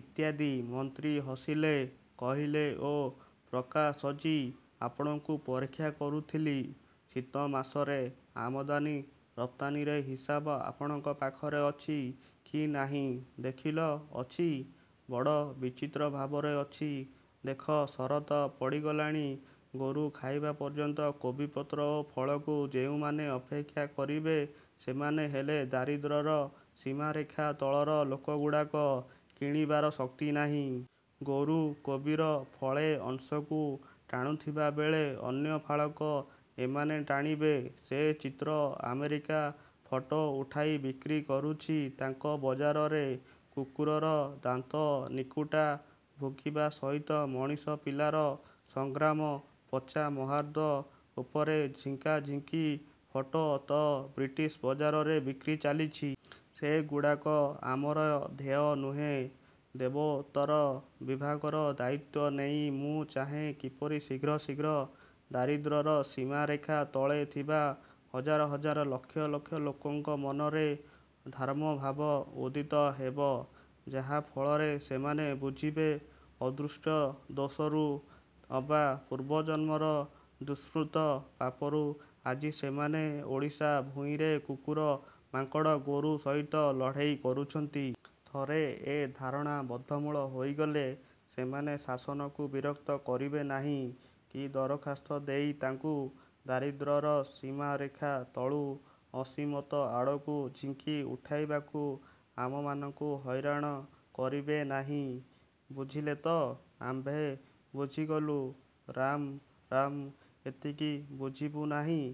ଇତ୍ୟାଦି ମନ୍ତ୍ରୀ ହସିଲେ-କହିଲେ ଓ ପ୍ରକାଶଜୀ ଆପଣଙ୍କୁ ପରୀକ୍ଷା କରୁଥିଲି.. - ଶୀତ ମାସରେ ଆମଦାନୀ ରପ୍ତାନୀର ହିସାବ ଆପଣଙ୍କ ପାଖରେ ଅଛି କି ନାହିଁ। ଦେଖିଲି, ଅଛି। ବଡ଼ ବିଚିତ୍ର ଭାବରେ ଅଛି। ଦେଖ ଶରତ୍ ପଡ଼ିଗଲାଣି, ଗୋରୁ ଖାଇବା ପର୍ଯ୍ୟନ୍ତ କୋବିପତ୍ର ଓ ଫଳକୁ ଯେଉଁମାନେ ଅପେକ୍ଷା କରିବେ, ସେମାନେ ହେଲେ ଦାରିଦ୍ର୍ୟର ସୀମାରେଖା ତଳର ଲୋକଗୁଡ଼ାକ, କିଣିବାର ଶକ୍ତି ନାହିଁ। ଗୋରୁ କୋବିର ଫଳେ ଅଂଶକୁ ଟାଣୁଥିବାବେଳେ ଅନ୍ୟ ଫାଳକ ଏମାନେ ଟାଣିବେ। ସେ ଚିତ୍ର ଆମେରିକା ଫଟୋ ଉଠାଇ ବିକ୍ରି କରୁଛି ତାଙ୍କ ବଜାରରେ। କୁକୁରର ଦାନ୍ତନିକୁଟା ଭୁକିବା ସହିତ ମଣିଷ ପିଲାର ସଂଗ୍ରାମ ପଚା ମହାର୍ଦ ଉପରେ ଝିଙ୍କାଝିଙ୍କି ଫଟୋ ତ ବ୍ରିଟିଶ ବଜାରରେ ବିକ୍ରି ଚାଲିଛି। ସେଗୁଡ଼ାକ ଆମର ଧ୍ୟେୟ ନୁହେଁ। ଦେବୋତ୍ତର ବିଭାଗର ଦାୟିତ୍ଵ ନେଇ ମୁଁ ଚାହେଁ କିପରି ଶୀଘ୍ର ଶୀଘ୍ର ଦାରିଦ୍ର୍ୟର ସୀମାରେଖା ତଳେ ଥିବା ହଜାର ହଜାର ଲକ୍ଷ ଲକ୍ଷ ଲୋକଙ୍କ ମନରେ ଧାର୍ମଭାବ ଉଦିତ ହେବ, ଯାହା ଫଳରେ ସେମାନେ ବୁଝିବେ ଅଦୃଷ୍ଟ ଦୋଷରୁ ଅବା ପୂର୍ବଜନ୍ମର ଦୁଷ୍କୃତ ପାପରୁ ଆଜି ସେମାନେ ଓଡ଼ିଶା ଭୂଇଁରେ କୁକୁର, ମାଙ୍କଡ଼, ଗୋରୁ ସହିତ ଲଢ଼େଇ କରୁଛନ୍ତି। ଥରେ ଏ ଧାରଣା ବଦ୍ଧମୂଳ ହୋଇଗଲେ, ସେମାନେ ଶାସନକୁ ବିରକ୍ତ କରିବେନାହିଁ କି ଦରଖାସ୍ତ ଦେଇ ତାଙ୍କୁ ଦାରିଦ୍ର୍ୟର ସୀମାରେଖା ତଳୁ ଅସୀମତ ଆଡ଼କୁ ଝିଙ୍କି ଉଠାଇବାକୁ ଆମମାନଙ୍କୁ ହଇରାଣ କରିବେନାହିଁ। ବୁଝିଲେ ତ? ଆମ୍ଭେ ବୁଝିଗଲୁ ରାମ୍ ରାମ୍ ଏତିକି ବୁଝିବୁନାହିଁ?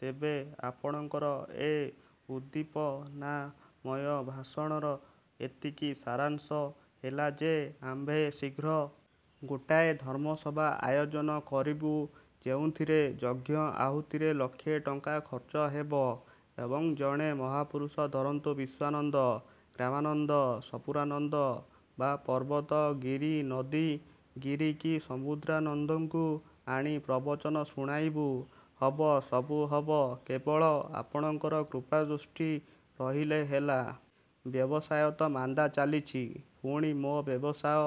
ତେବେ ଆପଣଙ୍କର ଏ ଉଦ୍ଦୀପନାମୟ ଭାଷଣର ଏତିକି ସାରାଂଶ ହେଲା ଯେ ଆମ୍ଭେ ଶୀଘ୍ର। ଗୋଟାଏ ଧର୍ମସଭା ଆୟୋଜନ କରିବୁ ଯେଉଁଥିରେ ଯଜ୍ଞ ଆହୁତିରେ ଲକ୍ଷେ ଟଙ୍କା ଖର୍ଚ୍ଚ ହେବ ଏବଂ ଜଣେ ମହାପୁରୁଷ ଧରନ୍ତୁ ବିଶ୍ଵାନନ୍ଦ, ଗ୍ରାମାନନ୍ଦ, ସପୁରାନନ୍ଦ ବା ପର୍ବତ ଗିରି-ନଦୀ ଗିରି କି ସମୁଦ୍ରାନନ୍ଦଙ୍କୁ ଆଣି ପ୍ରବଚନ ଶୁଣାଇବୁ। ହବ, ସବୁ ହବ। କେବଳ ଆପଣଙ୍କର କୃପାଦୃଷ୍ଟି ରହିଲେ ହେଲା। ବ୍ୟବସାୟ ତ ମାନ୍ଦା ଚାଲିଛି, ପୁଣି ମୋ ବ୍ୟବସାୟ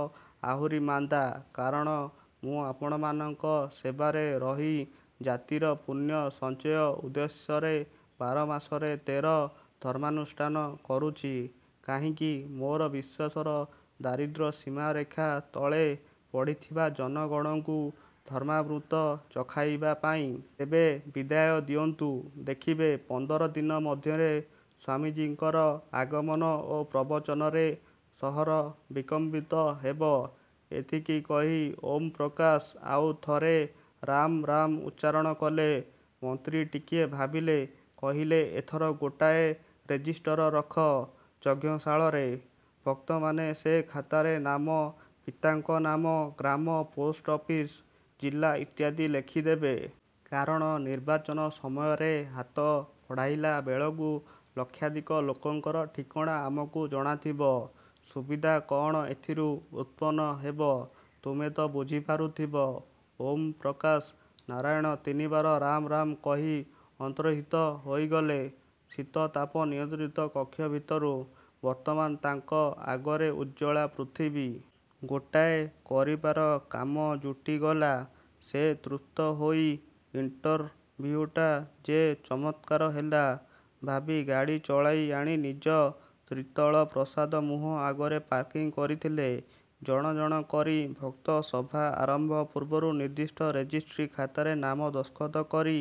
ଆହୁରି ମାନ୍ଦା। କାରଣ ମୁଁ ଆପଣମାନଙ୍କ ସେବାରେ ରହି ଜାତିର ପୁଣ୍ୟ ସଞ୍ଚୟ ଉଦ୍ଦେଶ୍ୟରେ ବାରମାସରେ ତେର ଧର୍ମାନୁଷ୍ଠାନ କରୁଛି। କାହିଁକି? ମୋର ବିଶ୍ଵାସର ଦାରିଦ୍ର୍ୟ ସୀମାରେଖା ତଳେ ପଡ଼ିଥିବା ଜନଗଣଙ୍କୁ ଧର୍ମାମୃତ ଚଖାଇବା ପାଇଁ। ତେବେ ବିଦାୟ ଦିଅନ୍ତୁ। ଦେଖିବେ ପନ୍ଦର ଦିନ ମଧ୍ୟରେ ସ୍ଵାମୀଜିଙ୍କର ଆଗମନ ଓ ପ୍ରବଚନରେ ସହର ବିକମ୍ପିତ ହେବ। ଏତିକି କହି ଓମ ପ୍ରକାଶ ଆଉ ଥରେ ରାମ୍ ରାମ୍ ଉଚ୍ଚାରଣ କଲେ। ମନ୍ତ୍ରୀ ଟିକିଏ ଭାବିଲେ-କହିଲେ-ଏଥର ଗୋଟାଏ ରେଜିଷ୍ଟର ରଖ ଯଜ୍ଞଶାଳାରେ। ଭକ୍ତମାନେ ସେ ଖାତାରେ ନାମ, ପିତାଙ୍କ ନାମ, ଗ୍ରାମ, ପୋଷ୍ଟ ଅଫିସ, ଜିଲ୍ଲା ଇତ୍ୟାଦି ଲେଖିଦେବେ। କାରଣ ନିର୍ବାଚନ ସମୟରେ ହାତ ବଢ଼ାଇଲାବେଳକୁ ଲକ୍ଷାଧିକ ଲୋକଙ୍କର ଠିକଣା ଆମକୁ ଜଣାଥିବ। ସୁବିଧା କଣ ଏଥିରୁ ଉତ୍ପନ୍ନ ହେବ, ତୁମେ ତ ବୁଝିପାରୁଥିବ-। ଓଁ ପ୍ରକାଶ ନାରାୟଣ ତିନିବାର ରାମ୍ ରାମ୍ କହି ଅନ୍ତର୍ହିତ ହୋଇଗଲେ ଶୀତତାପ ନିୟନ୍ତ୍ରିତ କକ୍ଷ ଭିତରୁ ବର୍ତ୍ତମାନ ତାଙ୍କ ଆଗରେ ଉଜ୍ଜ୍ଵଳା ପୃଥିବୀ। ଗୋଟାଏ କରିବାର କାମ ଜୁଟିଗଲା। ସେ ତୃପ୍ତହୋଇ ଇଣ୍ଟରଭିଉଟା ଯେ ଚମତ୍କାର ହେଲା, ଭାବି ଗାଡ଼ି ଚଳାଇ ଆଣି ନିଜ ତ୍ରିତଳ ପ୍ରସାଦ ମୁହଁ ଆଗରେ ପାର୍କିଂ କରିଥିଲେ। ଜଣ ଜଣ କରି ଭକ୍ତ ସଭା ଆରମ୍ଭ ପୂର୍ବରୁ ନିର୍ଦ୍ଦିଷ୍ଟ ରେଜିଷ୍ଟ୍ରି ଖାତାରେ ନାମ ଦସ୍ତଖତ କରି